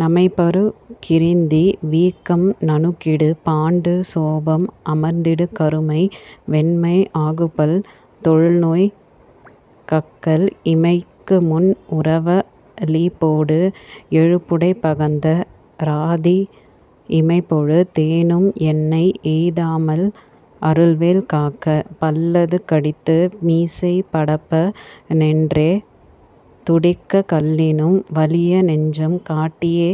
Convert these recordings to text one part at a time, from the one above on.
நமைப்புறு கிரிந்தி வீக்கம் நணுகிடு பாண்டு சோபம் அமர்த்திடு கருமை வெண்மை ஆகுபல் தொழுநோய் கக்கல் இமைக்குமுன் உறுவ லிப்போடு எழுபுடைப் பகந்த ராதி இமைப்பொழு தேனும் என்னை எய்தாமல் அருள்வேல் காக்க. பல்லது கடித்து மீசை படப டென்றே துடிக்கக் கல்லினும் வலிய நெஞ்சம் காட்டியே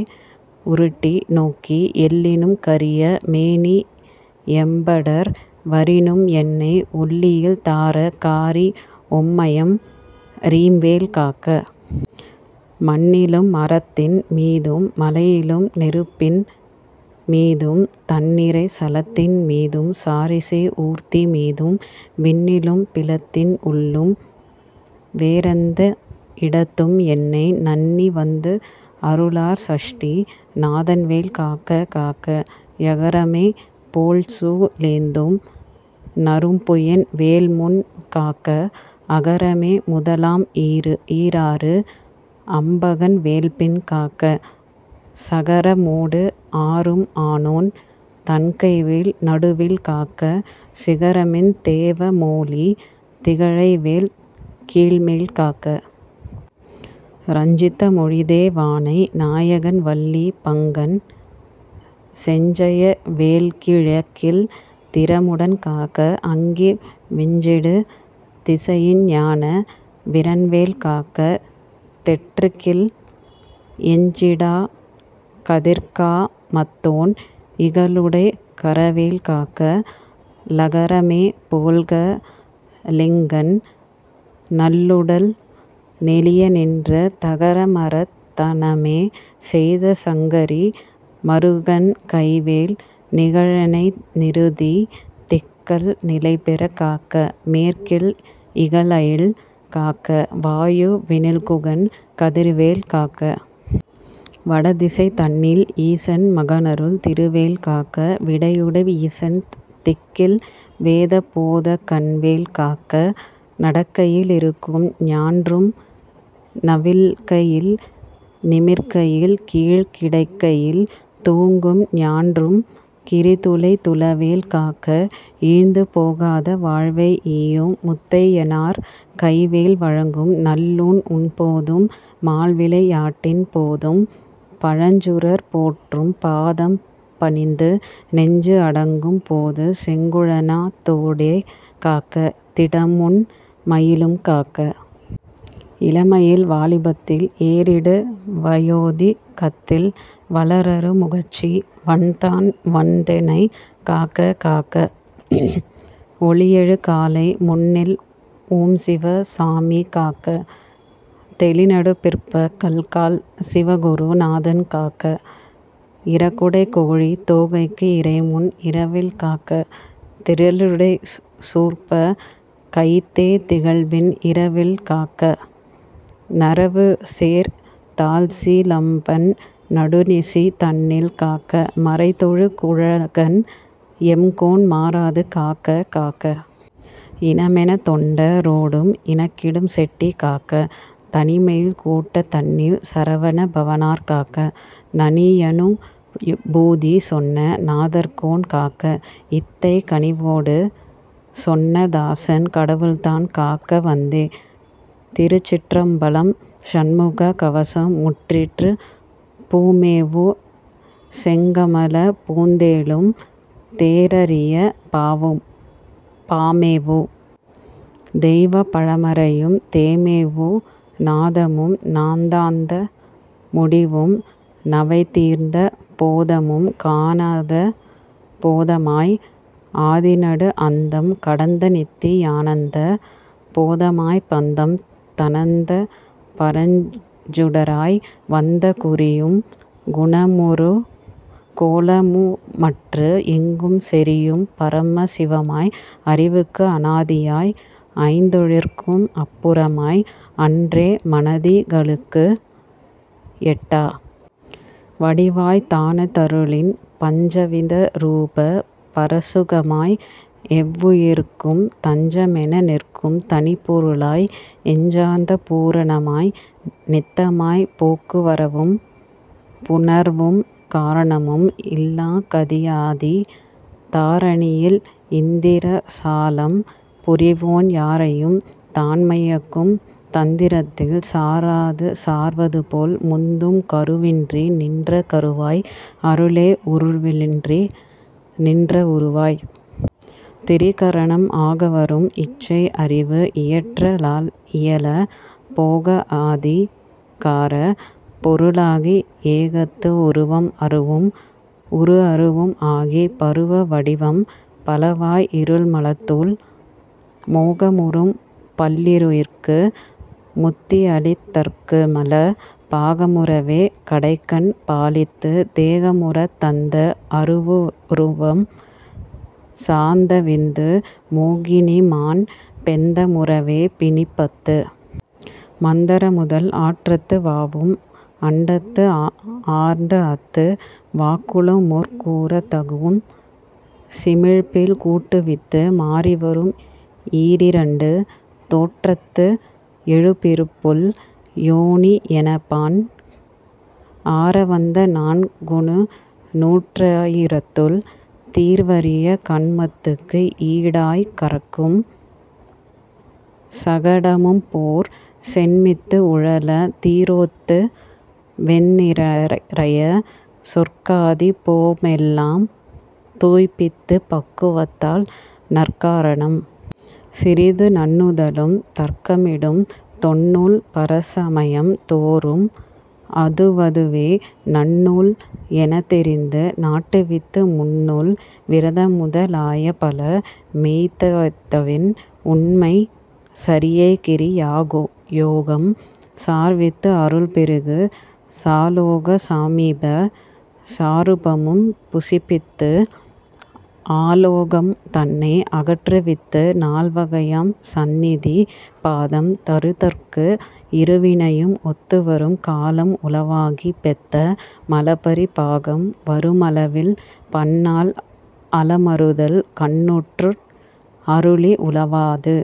உருட்டி நோக்கி எல்லினும் கரிய மேனி எமபடர் வரினும் என்னை ஒல்லையில் தார காரி ஓம்ஐம் ரீம்வேல் காக்க! மண்ணிலும் மரத்தின் மீதும் மலையிலும் நெருப்பின் மீதும் தண்நிறை சலத்தின் மீதும் சாரிசெய் ஊர்தி மீதும் விண்ணிலும் பிலத்தின் உள்ளும் வேறெந்த இடத்தும் என்னை நண்ணிவந்து அருளார் சஷ்டி நாதன்வேல் காக்க காக்க. யகரமே போல்சூ லேந்தும் நறும்புயன் வேல்முன் காக்க, அகரமே முதலாம் ஈராறு அம்பகன் வேல்பின் காக்க, சகரமோடு ஆறும் ஆனோன் தன்கைவேல் நடுவில் காக்க, சிகரமின் தேவ மோலி திகழ்ஐவேல் கீழ்மேல் காக்க. ரஞ்சித மொழிதே வானை நாயகன் வள்ளி பங்கன் செஞ்சய வேல்கி ழக்கில் திறமுடன் காக்க, அங்கி விஞ்சிடு திசையின் ஞான வீரன்வேல் காக்க; தெற்கில் எஞ்சிடாக் கதிர்கா மத்தோன் இகலுடைக் கரவேல் காக்க. லகரமே போல்கா ளிங்கன் நல்லுடல் நெளிய நின்று தகரமர்த் தனமே செய்த சங்கரி மருகன் கைவேல் நிகழெனை நிருதி திக்கல் நிலைபெறக் காக்க; மேற்கில் இகல்அயில் காக்க, வாயு வினில்குகன் கதிர்வேல் காக்க. வடதிசை தன்னில் ஈசன் மகன்அருள் திருவேல் காக்க; விடையுடை யீசன் திக்கில் வேதபோதகன்வேல் காக்க; நடக்கையில் இருக்கும் ஞான்றும் நவில்கையில் நிமிர்கையில் கீழ்க் கிடக்கையில் தூங்கும் ஞான்றும் கிரிதுளைத் துளவேல் காக்க. இழந்து போகாத வாழ்வை ஈயும் முத்தையனார் கைவேல் வழங்கும் நல்லூண் உண்போதும் மால்விளை யாட்டின் போதும் பழஞ்சுரர் போற்றும் பாதம் பணிந்து நெஞ்சு அடக்கும் போதும் செழுங்குணத் தோடே காக்க; திடமுடன் மயிலும் காக்க. இளமையில் வாலிபத்தில் ஏறிடு வயோதி கத்தில் வளர்அறு முகச்சி வன்தான் வந்தெனைக் காக்க காக்க. ஒளியெழு காலை முன்எல் ஓம்சிவ சாமி காக்க. தெளிநடு பிற்ப கல்கால் சிவகுரு நாதன் காக்க. இறகுடைக் கோழித் தோகைக்கு இறைமுன் இராவில் காக்க; திறலுடைச் சூர்ப்ப கைத்தே திகழ்பின் இராவில் காக்க; நறவுசேர் தாள்சி லம்பன் நடுநிசி தன்னில் காக்க; மறைதொழு குழகன் எம்கோன் மாறாது காக்க காக்க. இனமெனத் தொண்ட ரோடும் இணக்கிடும் செட்டி காக்க; தனிமையில் கூட்டந் தன்னில் சரவண பவனார் காக்க; நனியனு பூதி சொன்ன நாதர்கோன் காக்க; இத்தைக் கனிவொடு சொன்ன தாசன் கடவுள்தான் காக்க வந்தே. திருச்சிற்றம்பலம் சண்முக கவசம் முற்றிற்று பூமேவு செங்கமலப் புத்தேளும் தேறரிய பாமேவு தெய்வப் பழமறையும் தேமேவு நாதமும் நாதாந்த முடிவும் நவைதீர்ந்த போதமும் காணாத போதமாய் ஆதிநடு அந்தம் கடந்தநித்தி யானந்த போதமாய்ப் பந்தம் தணந்த பரஞ்சுடராய் வந்த குறியும் குணமுமொரு கோலமுமற்று எங்கும் செறியும் பரம சிவமாய் அறிவுக்கு அனாதியாய் ஐந்தொழிற்கும் அப்புறமாய் அன்றே மானதிகளுக்கு எட்டா வடிவாய்த் தனாதருளின் பஞ்சவித ரூப பரசுகமாய் எவ்வுயிர்க்கும் தஞ்சமென நிற்கும் தனிப்பொருளாய் எஞ்சாத பூரணமாய் நித்தமாய்ப் போக்குவரவும் புணர்வும் காரணமும் இல்லாக் கதியாதித் தாரணியில் இந்திரசாலம் புரிவோன் யாரையும் தான்மயக்கும் தந்திரத்தில் சாராது சார்வதுபோல் முந்தும் கருவின்றி நின்ற கருவாய் அருளே உருவின்றி நின்ற உருவாய்த் திரிகரணம் ஆகவரும் இச்சை அறிவு இயற்ற லால்இயல போகஅதி காரப் பொருளாகி ஏகத்து உருவம் அருவும் உருஅருவும் ஆகிப் பருவ வடிவம் பலவாய் இருள்மலத்துள் மோகமுறும் பல்லுயிர்க்கு முத்திஅளித் தற்குமல பாகமுறவே கடைக்கண் பாலித்துத் தேகமுறத் தந்த அருவுருவம் சார்ந்தவிந்து மோகினிமான் பெந்த முறவே பிணிப்பத்து மந்த்ரமுதல் ஆறத்து வாவும் அண்டத்து ஆர்ந்தஅத்து வாக்களும்முற் கூறத் தகும் சிமிழ்ப்பில் கூட்டுவித்து மாறிவரும் ஈரிரண்டு தோற்றத்து ஏழுபிறப்புள் யோனி என்பான் ஆரவந்த நான்குநூ றாயிரத்துள் தீர்வரிய கண்மத்துக்கு ஈடாய்க் கறங்கும் சகடமும்போற் சென்மித்து உழலத் திரோதித்து வெந்நிரய சொர்க்காதி போகமெலாம் துய்ப்பித்துப் பக்குவத்தால் நற்காரணம் சிறிது நண்ணுதலும் தர்க்கமிடும் தொன்னூல் பரசமயம் தோறும் அதுவதுவே நன்னூல் எனத்தெரிந்து நாட்டுவித்து முன்னூல் விரதமுத லாயபல மெய்த்தவத்தின் உண்மைச் சரியைகிரி யாயோகம் சார்வித்து அருள்பெருகு சாலோக சாமீப சாரூபமும் புசிப்பித்து ஆலோகம் தன்னை அகற்றுவித்து நால்வகையாம் சத்திநி பாதம் தருதற்கு இருவினையும் ஒத்துவரும் காலம் உளவாகிப் பெத்த மலபரி பாகம் வருமளவில் பன்னாள் அலமருதல் கண்ணுற்று அருளி உலவாது।